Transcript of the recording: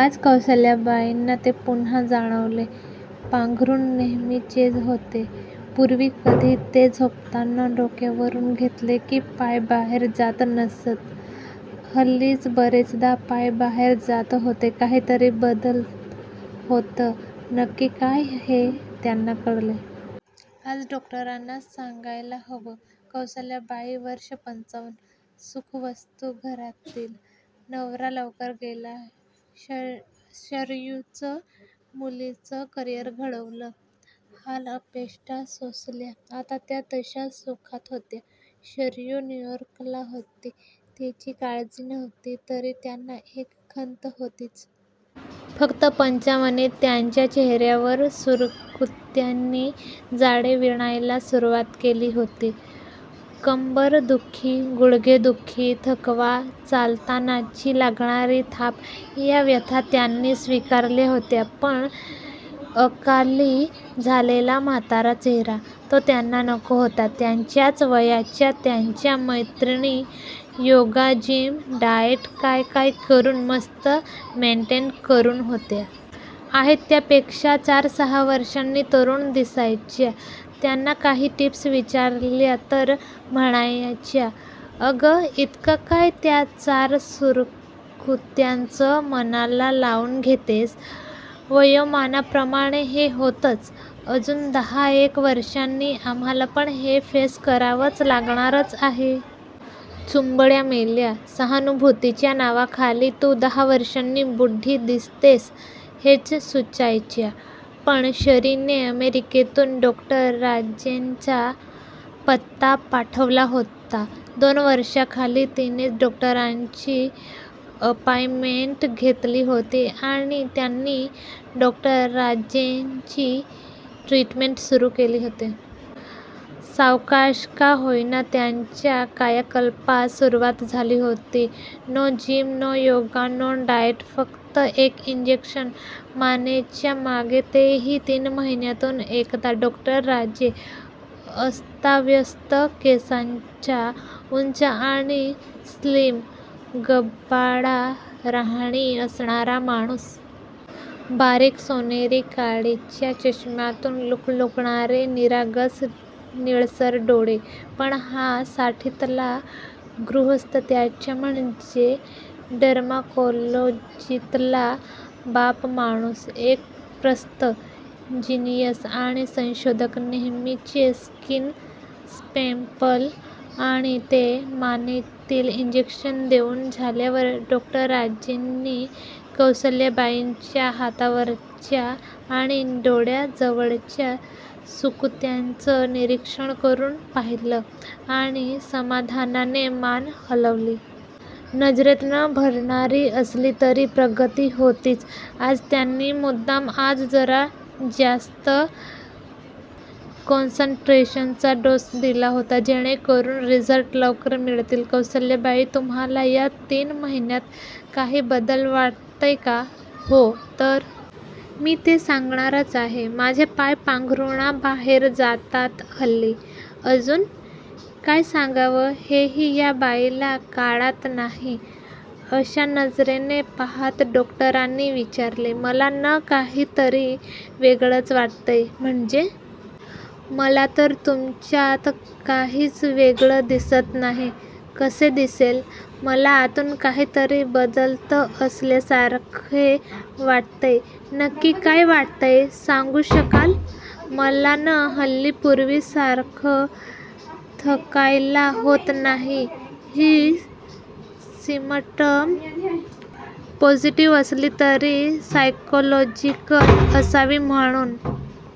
आज कौसल्याबाईंना ते पुन्हा जाणवले. पांघरून नेहमीचेच होते. पूर्वी कधी, ते झोपताना डोक्यावरून घेतले की, पाय बाहेर जात नसत. हल्ली बरेचदा पाय बाहेर जात होते. काहीतरी बदलत होत. नक्की काय हे त्यांना कळेना. आज डॉक्टरांना सांगायला हवं. कौसल्याबाई वय वर्ष पंच्चावन. सुखवस्तू घरातील. नवरा लवकर गेला. शरयूच मुलीचं करियर घडवलं. हाल अपेष्टा सोसल्या. आता त्या तश्या सुखात होत्या. शरयू न्यूयार्कला होती. तिची काळजी नव्हती. तरी त्यांना एक खन्त होतीच. फक्त पंच्चावनीत त्यांच्या चेहऱ्यावर, सुरकुत्यांनी जाळे विणायला सुरवात केली होती! कंबरदुखी, गुडघेदुखी, थकवा, चालतानाची लागणारी धाप या व्यथा त्यांनी स्वीकारल्या होत्या. पण अकाली झालेला म्हातारा चेहरा! तो त्यांना नको होता! त्यांच्याच वयाच्या त्यांच्या मैत्रिणी, योगा, जिम, डाएट, काय काय करून मस्त मेंटेन करून होत्या. आहेत त्या पेक्षा, चार सहा वर्षांनी तरुण दिसायच्या. त्यांना काही टिप्स विचारल्या तर म्हणायच्या 'अग, इतकं काय त्या चार सुरकुत्यांचं मनाला लावून घेतसे? वयोमानाप्रमाणे हे होतच. अजून दहा एक वर्षांनी, आम्हाला पण हे फेस करावंच लागणारच आहे! ' चोम्बड्या मेल्या! सहानुभूतीच्या नावाखाली तू दहा वर्षांनी बुड्डी दिसतेस हेच सुचायच्या! पण शरीने अमेरिकेतून डॉ. राजेंचा पत्ता पाठवला होता, दोन वर्षा खाली. तिनेच डॉक्टरांची अपॉइंटमेंट घेतली होती आणि त्यांनी डॉ. राजेंची ट्रीटमेंट सुरु केली होती. सावकाश का होईना, त्यांच्या कायाकल्पास सुरवात झाली होती. No gym, no yoga, no diet! फक्त एक इंजेक्शन मानेच्या मागे ते हि तीन महिन्यातून एकदा डॉ. राजे. अस्ताव्यस्त केसांचा, उंच आणि स्लिम, गबाळा राहणी असणारा माणूस! बारीक सोनेरी काडीच्या चष्म्यातून लुकलुकणारे निरागस निळसर डोळे! पण हा साठीतला गृहस्थ, त्याच्या म्हणजे डर्माकोलॉजितला 'बाप' माणूस! एक प्रस्त! जिनियस! आणि संशोधक! नेहमीचे स्किन सॅम्पल, आणि ते मानेतील इंजक्शन देऊन झाल्यावर, डॉ. राजेंनी कौसल्याबाईंच्या हातावरच्या आणि डोळ्या जवळच्या सुकुत्यांचं निरीक्षण करून पाहिलं आणि समाधानाने मान हलवली. नजरेत न भरणारी असली तरी, प्रगती होतीच. आज त्यांनी मुद्दाम आज जरा ज्यास्त कॉन्सन्ट्रेशनचा डोस दिला होता. जेणेकरून रिझल्ट लवकर मिळतील. "कौसल्याबाई, तुम्हाला या तीन महिन्यात काही बदल वाटतोय का? " "हो तर! मी ते सांगणारच आहे. माझे पाय पाघरुणा बाहेर जातात हल्ली! " "अजून? " काय सांगावं, हे हि या बाईला काळात नाही, अशा नजरेने पहात डॉक्टरांनी विचारले. "मला, न काही तरी वेगळंच वाटतंय! "" म्हणजे? मला तर तुमच्यात काहीच वेगळं दिसत नाही. " "कसे दिसेल? मला आतून काहीतरी बदलत असल्या सारखे वाटतंय! " "नक्की काय वाटतंय, सांगू शकाल? " "मला न हल्ली, पूर्वी सारखं थकायला होत नाही! " हि सिमटम पॉसिटीव्ह असली तरी सायकॉलॉजिकल असावी, म्हाणून